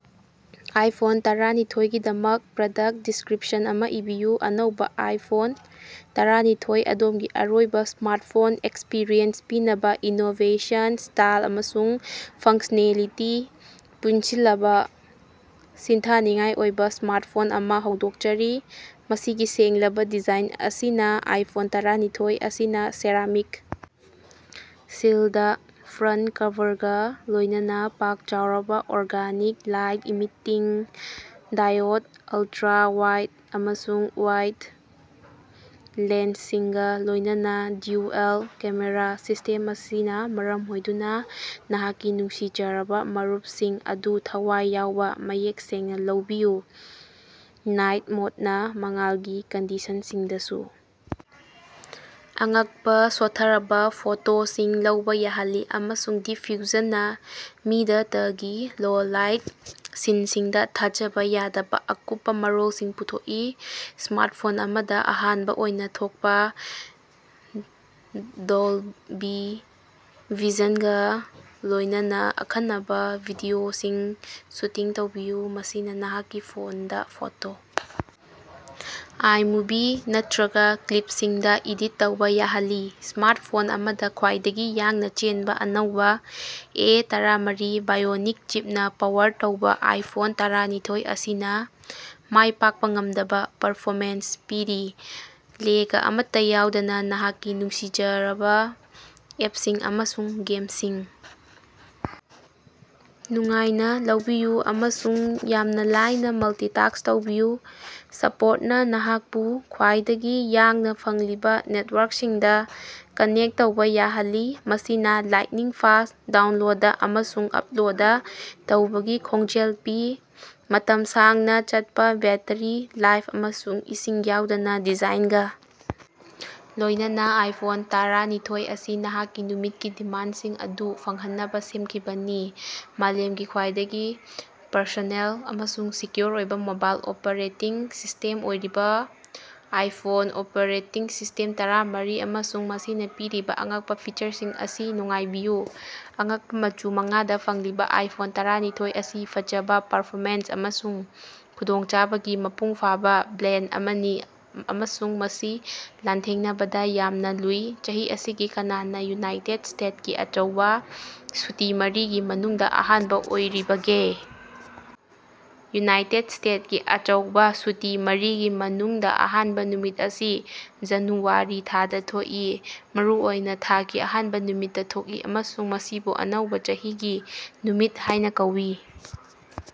IPhone ꯇꯔꯥꯅꯤꯊꫭꯏꯒꯤ ꯗꯃꯛ product description ꯑꯃ ꯏꯕꯤꯌꯨ꯫ ꯑꯅꯧꯕ ꯑꯥꯏꯐꯣꯟ ꯇꯔꯥꯅꯤꯊꫭꯏ- ꯑꯗꯣꯝꯒꯤ ꯑꯔꯣꯏꯕ ꯁ꯭ꯃꯥꯔꯠꯐꯣꯟ ꯑꯦꯛꯁꯄꯤꯔꯤꯌꯦꯟꯁ ꯄꯤꯅꯕ ꯏꯅꯣꯕꯦꯁꯟ, ꯁ꯭ꯇꯥꯏꯜ, ꯑꯃꯁꯨꯡ ꯐꯪꯁꯅꯦꯂꯤꯇꯤ ꯄꯨꯟꯁꯤꯜꯂꯕ ꯁꯤꯡꯊꯥꯅꯤꯡꯉꯥꯏ ꯑꯣꯏꯕ ꯁ꯭ꯃꯥꯔꯠꯐꯣꯟ ꯑꯃ ꯍꯧꯗꯣꯛꯆꯔꯤ꯫ ꯃꯁꯤꯒꯤ ꯁꯦꯡꯂꯕ ꯗꯤꯖꯥꯏꯟ ꯑꯁꯤꯅ ꯑꯥꯏꯐꯣꯟ ꯇꯔꯥꯅꯤꯊꫭꯏ ꯑꯁꯤꯅꯥ ꯁꯦꯔꯥꯃꯤꯛ ꯁꯤꯜꯗ ꯐ꯭ꯔꯟ ꯀꯕꯔꯒ ꯂꯣꯏꯅꯅ ꯄꯥꯛ ꯆꯥꯎꯔꯕ organic light emitting diode ultra wide ꯑꯃꯁꯨꯡ ꯋꯥꯏꯗ ꯂꯦꯟꯁꯁꯤꯡꯒ ꯂꯣꯏꯅꯅ ꯗ꯭ꯌꯨꯑꯦꯜ-ꯀꯦꯃꯦꯔꯥ ꯁꯤꯁꯇꯦꯝ ꯑꯁꯤꯅ ꯃꯔꯝ ꯑꯣꯏꯗꯨꯅ ꯅꯍꯥꯛꯀꯤ ꯅꯨꯡꯁꯤꯖꯔꯕ ꯃꯤꯀꯨꯞꯁꯤꯡ ꯑꯗꯨ ꯊꯋꯥꯏ ꯌꯥꯎꯕ ꯃꯌꯦꯛ ꯁꯦꯡꯅ ꯂꯧꯕꯤꯌꯨ꯫ ꯅꯥꯏꯠ ꯃꯣꯗꯅ ꯃꯉꯥꯜꯒꯤ ꯀꯟꯗꯤꯁꯟꯁꯤꯡꯗꯁꯨ ꯑꯉꯛꯄ ꯁꯣꯠꯊꯔꯕ ꯐꯣꯇꯣꯁꯤꯡ ꯂꯧꯕ ꯌꯥꯍꯜꯂꯤ, ꯑꯃꯁꯨꯡ ꯗꯤꯞ ꯐ꯭ꯌꯨꯖꯟꯅ ꯃꯤꯗꯇꯒꯤ ꯂꯣ ꯂꯥꯏꯠ ꯁꯤꯟꯁꯤꯡꯗ ꯊꯥꯖꯕ ꯌꯥꯗꯕ ꯑꯀꯨꯞꯄ ꯃꯔꯣꯜꯁꯤꯡ ꯄꯨꯊꯣꯛꯏ꯫ ꯁ꯭ꯃꯥꯔꯠꯐꯣꯟ ꯑꯃꯗ ꯑꯍꯥꯟꯕ ꯑꯣꯏꯅ ꯊꯣꯛꯄ ꯗꯣꯜꯕꯤ ꯚꯤꯖꯟꯒ ꯂꯣꯏꯅꯅ ꯑꯈꯟꯅꯕ ꯚꯤꯗꯤꯑꯣꯁꯤꯡ ꯁꯨꯇꯤꯡ ꯇꯧꯕꯤꯌꯨ, ꯃꯁꯤꯅ ꯅꯍꯥꯛꯀꯤ ꯐꯣꯟꯗꯥ ꯐꯣꯇꯣ, ꯑꯥꯏꯃꯨꯚꯤ, ꯅꯠꯇ꯭ꯔꯒ ꯀ꯭ꯂꯤꯞꯁꯤꯡꯗ ꯏꯗꯤꯠ ꯇꯧꯕꯥ ꯌꯥꯍꯜꯂꯤ꯫ ꯁ꯭ꯃꯥꯔꯠꯐꯣꯟ ꯑꯃꯗ ꯈ꯭ꯋꯥꯏꯗꯒꯤ ꯌꯥꯡꯅ ꯆꯦꯟꯕ ꯑꯅꯧꯕ ꯑꯦ ꯇꯔꯥꯃꯔꯤ ꯕꯥꯏꯑꯣꯅꯤꯛ ꯆꯤꯞꯅ ꯄꯋꯔ ꯇꯧꯕ ꯑꯥꯏꯐꯣꯟ ꯇꯔꯥꯅꯤꯊꫭꯏ ꯑꯁꯤꯅ ꯃꯥꯏꯄꯥꯛꯄ ꯉꯝꯗꯕꯥ ꯄꯔꯐꯣꯃꯦꯟꯁ ꯄꯤꯔꯤ꯫ ꯂꯦꯒ ꯑꯃꯠꯇꯥ ꯌꯥꯎꯗꯅ ꯅꯍꯥꯛꯀꯤ ꯅꯨꯡꯁꯤꯖꯔꯕ ꯑꯦꯞꯁꯤꯡ ꯑꯃꯁꯨꯡ ꯒꯦꯝꯁꯤꯡ ꯅꯨꯡꯉꯥꯏꯅ ꯂꯧꯕꯤꯌꯨ, ꯑꯃꯁꯨꯡ ꯌꯥꯝꯅ ꯂꯥꯏꯅ ꯃꯜꯇꯤꯇꯥꯛꯁ ꯇꯧꯕꯤꯌꯨ꯫ ꯁꯄꯣꯔꯠꯅ ꯅꯍꯥꯛꯄꯨ ꯈ꯭ꯋꯥꯏꯗꯒꯤ ꯌꯥꯡꯅ ꯐꯪꯂꯤꯕ ꯅꯦꯠꯋꯥꯔꯛꯁꯤꯡꯗ ꯀꯅꯦꯛ ꯇꯧꯕ ꯌꯥꯍꯜꯂꯤ, ꯃꯁꯤꯅ ꯂꯥꯏꯠꯅꯤꯡ-ꯐꯥꯁ ꯗꯥꯎꯟꯂꯣꯗ ꯑꯃꯁꯨꯡ ꯑꯞꯂꯣꯗ ꯇꯧꯕꯒꯤ ꯈꯣꯡꯖꯦꯜ ꯄꯤ꯫ ꯃꯇꯝ ꯁꯥꯡꯅ ꯆꯠꯄ ꯕꯦꯠꯇꯔꯤ ꯂꯥꯏꯐ ꯑꯃꯁꯨꯡ ꯏꯁꯤꯡ ꯌꯥꯎꯗꯕ ꯗꯤꯖꯥꯏꯟꯒꯥ ꯂꯣꯏꯅꯅ ꯑꯥꯏꯐꯣꯟ ꯇꯔꯥꯅꯤꯊꫭꯏ ꯑꯁꯤ ꯅꯍꯥꯛꯀꯤ ꯅꯨꯃꯤꯠꯀꯤ ꯗꯤꯃꯥꯟꯗꯁꯤꯡ ꯑꯗꯨ ꯐꯪꯍꯟꯅꯕ ꯁꯦꯝꯈꯤꯕꯅꯤ꯫ ꯃꯥꯂꯦꯝꯒꯤ ꯈ꯭ꯋꯥꯏꯗꯒꯤ ꯄꯔꯁꯣꯅꯦꯜ ꯑꯃꯁꯨꯡ ꯁꯦꯀ꯭ꯌꫭꯔ ꯑꯣꯏꯕꯥ ꯃꯣꯕꯥꯏꯜ ꯑꯣꯄꯔꯦꯇꯤꯡ ꯁꯤꯁꯇꯦꯝ ꯑꯣꯏꯔꯤꯕ ꯑꯥꯏꯐꫭꯟ ꯑꫭꯄꯔꯦꯇꯤꯡ ꯁꯤꯁꯇꯦꯝ ꯇꯔꯥꯃꯔꯤ ꯑꯃꯁꯨꯡ ꯃꯁꯤꯅ ꯄꯤꯔꯤꯕꯥ ꯑꯉꯛꯄ ꯐꯤꯆꯔꯁꯤꯡ ꯑꯁꯤ ꯅꯨꯡꯉꯥꯏꯕꯤꯌꯨ꯫ ꯑꯉꯛꯄꯥ ꯃꯆꯨ ꯃꯉꯥꯗ ꯐꯪꯂꯤꯕꯥ ꯑꯥꯏꯐꯣꯟ ꯇꯔꯥꯅꯤꯊꫭꯏ ꯑꯁꯤ ꯐꯖꯕ, ꯄꯔꯐꯣꯃꯦꯟꯁ ꯑꯃꯁꯨꯡ ꯈꯨꯗꯣꯡꯆꯥꯕꯒꯤ ꯃꯄꯨꯡ ꯐꯥꯕꯥ ꯕ꯭ꯂꯦꯟꯗ ꯑꯃꯅꯤ ꯑꯃꯁꯨꯡ ꯃꯁꯤ ꯂꯥꯟꯊꯦꯡꯅꯕꯗ ꯌꯥꯝꯅ ꯂꯨꯏ꯫ ꯆꯍꯤ ꯑꯁꯤꯒꯤ ꯀꯅꯥꯅ ꯌꯨꯅꯥꯏꯇꯦꯠ ꯁ꯭ꯇꯦꯠꯀꯤ ꯑꯆꯧꯕ ꯁꯨꯇꯤ ꯃꯔꯤꯒꯤ ꯃꯅꯨꯡꯗꯥ ꯑꯍꯥꯟꯕꯥ ꯑꯣꯏꯔꯤꯕꯒꯦ? ꯌꯨꯅꯥꯏꯇꯦꯠ ꯁ꯭ꯇꯦꯠꯀꯤ ꯑꯆꯧꯕꯥ ꯁꯨꯇꯤ ꯃꯔꯤꯒꯤ ꯃꯅꯨꯡꯗ ꯑꯍꯥꯟꯕ ꯅꯨꯃꯤꯠ ꯑꯁꯤ ꯖꯅꯨꯋꯥꯔꯤ ꯊꯥꯗ ꯊꯣꯛꯏ, ꯃꯔꯨꯑꯣꯏꯅ ꯊꯥꯒꯤ ꯑꯍꯥꯟꯕ ꯅꯨꯃꯤꯠꯇꯥ ꯊꯣꯛꯏ ꯑꯃꯁꯨꯡ ꯃꯁꯤꯕꯨ ꯑꯅꯧꯕ ꯆꯍꯤꯒꯤ ꯅꯨꯃꯤꯠ ꯍꯥꯏꯅ ꯀꯧꯏ꯫